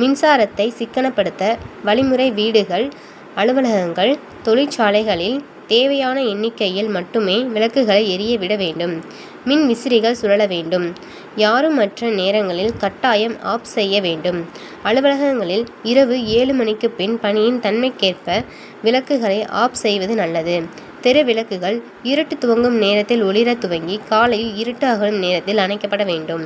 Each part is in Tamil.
மின்சாரத்தை சிக்கனப்படுத்த வழிமுறை வீடுகள் அலுவலகங்கள் தொழிற்சாலைகளில் தேவையான எண்ணிக்கையில் மட்டுமே விளக்குகளை எரிய விட வேண்டும் மின்விசிறிகள் சுழல வேண்டும். யாருமற்ற நேரங்களில் கட்டாயம் ஆப்'செய்ய வேண்டும். அலுவலகங்களில் இரவு ஏழு மணிக்குபின் பணியின் தன்மைக்கேற்ப விளக்குகளை ஆப் செய்வது நல்லது. தெருவிளக்குகள் இருட்டு துவங்கும் நேரத்தில் ஒளிர துவங்கி காலையில் இருட்டு அகலும் நேரத்தில் அணைக்கப்பட வேண்டும்.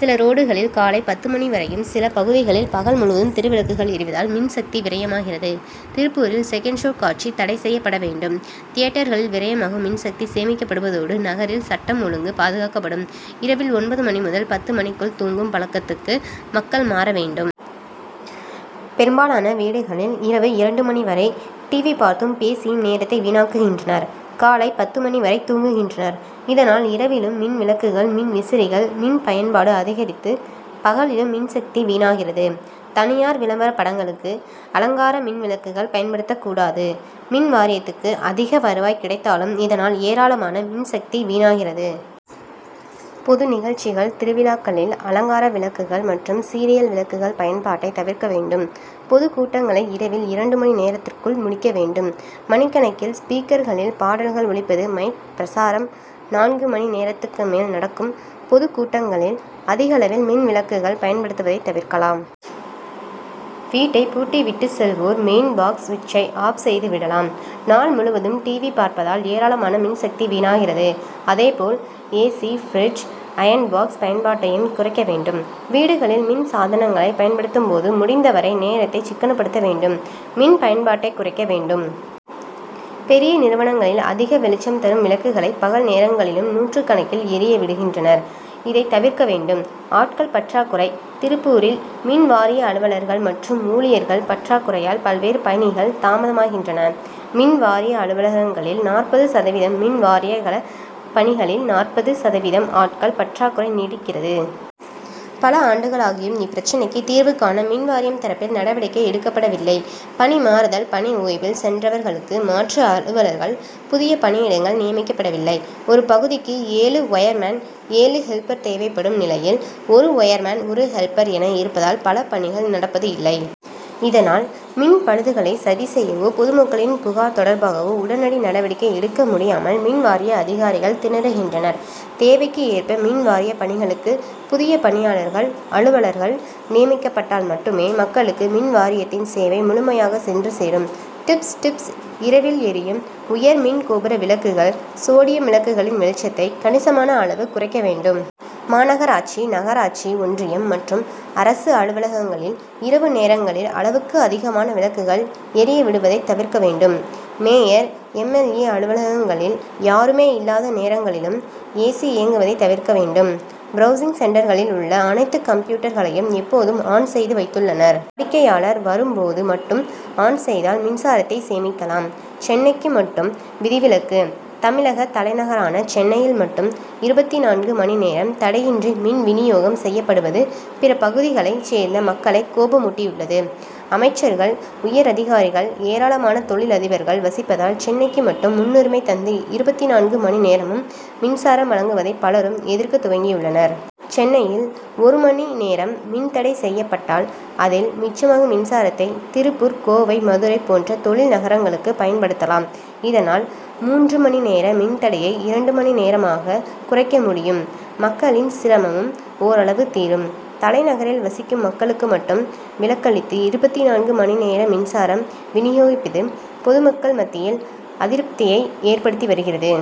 சில ரோடுகளில் காலை பத்து மணி வரையும் சில பகுதிகளில் பகல் முழுவதும் தெருவிளக்குகள் எரிவதால் மின்சக்தி விரயமாகிறது. திருப்பூரில் செகண்ட் ஷா காட்சி தடை செய்யப்பட வேண்டும் தியேட்டர்களில் விரயமாகும் மின்சக்தி சேமிக்கப்படுவதோடு நகரில் சட்டம் ஒழுங்கு பாதுகாக்கப்படும். இரவில் ஒன்பது மணி முதல் பத்து மணிக்குள் தூங்கும் பழக்கத்துக்கு மக்கள் மாற வேண்டும். பெரும்பாலான வீடுகளில், இரவு இரண்டு மணி வரை டிவி பார்த்தும் பேசியும் நேரத்தை வீணாக்குகின்றனர் காலை பத்து மணி வரை தூங்குகின்றனர். இதனால் இரவிலும் மின்விளக்குகள் மின்விசிறிகள் மின் பயன்பாடு அதிகரித்து பகலிலும் மின்சக்தி வீணாகிறது. தனியார் விளம்பர படங்களுக்கு அலங்கார மின்விளக்குள் பயன்படுத்தக்கூடாது மின்வாரியத்துக்கு அதிக வருவாய் கிடைத்தாலும் இதனால் ஏராளமான மின்சக்தி வீணாகிறது. பொது நிகழ்ச்சிகள் திருவிழாக்களில் அலங்கார விளக்குகள் மற்றும் சீரியல் விளக்குகள் பயன்பாட்டை தவிர்க்க வேண்டும். பொதுக்கூட்டங்களை இரவில் இரண்டு மணி நேரத்துக்குள் முடிக்க வேண்டும். மணிக்கணக்கில் ஸ்பீக்கர்களில் பாடல்கள் ஒலிப்பது மைக் பிரசாரம் நான்கு மணி நேரத்துக்கு மேல் நடக்கும் பொதுக்கூட்டங்களில் அதிகளவில் மின்விளக்குகள் பயன்படுத்துவதை தவிர்க்கலாம். வீட்டை பூட்டி விட்டு செல்வோர் மெயின் பாக்ஸ் ஸ்விட்ச்சை ஆப் செய்து விடலாம். நாள் முழுவதும் டிவி பார்ப்பதால் ஏராளமான மின்சக்தி வீணாகிறது. அதேபோல் ஏ. சி.பிரிட்ஜ் அயர்ன் பாக்ஸ் பயன்பாட்டையும் குறைக்க வேண்டும். வீடுகளில் மின்சாதனங்களை பயன்படுத்தும்போது முடிந்தவரை நேரத்தை சிக்கனப்படுத்த வேண்டும் மின்பயன்பாட்டை குறைக்க வேண்டும். பெரிய நிறுவனங்களில் அதிக வெளிச்சம் தரும் விளக்குகளை பகல் நேரங்களிலும் நூற்றுக்கணக்கில் எரிய விடுகின்றனர். இதை தவிர்க்க வேண்டும். ஆட்கள் பற்றாக்குறை திருப்பூரில் மின்வாரிய அலுவலர்கள் மற்றும் ஊழியர்கள் பற்றாக்குறையால் பல்வேறு பணிகள் தாமதமாகின்றன. மின்வாரிய அலுவலகங்களில் நாற்பது சதவீதம் மின்வாரிய கள பணிகளில் நாற்பது சதவீதம் ஆட்கள் பற்றாக்குறை நீடிக்கிறது. பல ஆண்டுகளாகியும் இப்பிரச்னைக்கு தீர்வு காண மின்வாரியம் தரப்பில் நடவடிக்கை எடுக்கப்படவில்லை பணி மாறுதல் பணி ஓய்வில் சென்றவர்களுக்கு மாற்று அலுவலர்கள் புதிய பணியிடங்கள் நியமிக்கப்படவில்லை. ஒரு பகுதிக்கு ஏழு ஒயர் மேன் ஏழு ஹெல்ப்பர் தேவைப்படும் நிலையில் ஒரு ஒயர்மேன் ஒரு ஹெல்ப்பர் என இருப்பதால் பல பணிகள் நடப்பது இல்லை. இதனால் மின்பழுதுகளை சரிசெய்யவோ பொதுமக்களின் புகார் தொடர்பாகவோ உடனடி நடவடிக்கை எடுக்க முடியாமல் மின்வாரிய அதிகாரிகள் திணறுகின்றனர். தேவைக்கு ஏற்ப மின்வாரிய பணிகளுக்கு புதிய பணியாளர்கள் அலுவலர்கள் நியமிக்கப்பட்டால் மட்டுமே மக்களுக்கு மின்வாரியத்தின் சேவை முழுமையாக சென்று சேரும். டிப்ஸ்டிப்ஸ் இரவில் எரியும் உயர் மின்கோபுர விளக்குகள் சோடியம் விளக்குகளின் வெளிச்சத்தை கணி சமான அளவு குறைக்க வேண்டும். மாநகராட்சி நகராட்சி ஒன்றியம் மற்றும் அரசு அலுவலகங்களில் இரவு நேரங்களில் அளவுக்கு அதிகமான விளக்குகள் எரிய விடுவதை தவிர்க்க வேண்டும். Mayor M. எல். ஏ. அலுவலகங்களில் யாருமே இல்லாத நேரங்களிலும் ஏசி இயங்குவதை தவிர்க்க வேண்டும். பிரவுசிங் சென்டர்களில் உள்ள அனைத்து கம்ப்யூட்டர் களையும் எப்போதும் ஆன் செய்து வைத்துள்ளனர். வாடிக்கையாளர் வரும்போது மட்டும் ஆன் செய்தால் மின்சாரத்தை சேமிக்கலாம். சென்னைக்கு மட்டும் விதிவிலக்கு தமிழக தலைநகரான சென்னையில் மட்டும் இருபத்திநான்கு மணி நேரம் தடையின்றி மின் வினியோகம் செய்யப்படுவது பிற பகுதிகளை சேர்ந்த மக்களை கோபமூட்டியுள்ளது. அமைச் சர்கள் உயரதிகாரிகள் ஏராளமான தொழிலதிபர்கள் வசிப்பதால் சென்னைக்கு மட்டும் முன்னுரிமை தந்து இருபத்திநான்கு மணி நேரமும் மின்சாரம் வழங்குவதை பலரும் எதிர்க்க துவங்கியுள்ளனர். சென்னையில் ஒரு மணி நேரம் மின்தடை செய்யப் பட்டால் அதில் மிச்சமாகும் மின்சாரத்தை திருப்பூர் கோவை மதுரை போன்ற தொழில் நகரங்களுக்கு பயன் படுத்தலாம் இதனால் மூன்று மணி நேர மின்தடையை இரண்டு மணி நேரமாக குறைக்க முடியும் மக்களின் சிரமமும் ஓரளவு தீரும். தலைநகரில் வசிக்கும் மக்களுக்கு மட்டும் விலக்களித்து இருபத்திநான்கு மணி நேர மின்சாரம் வினியோகிப்பது பொதுமக்கள் மத்தியில் அதிருப்தியை ஏற்படுத்தி வருகிறது.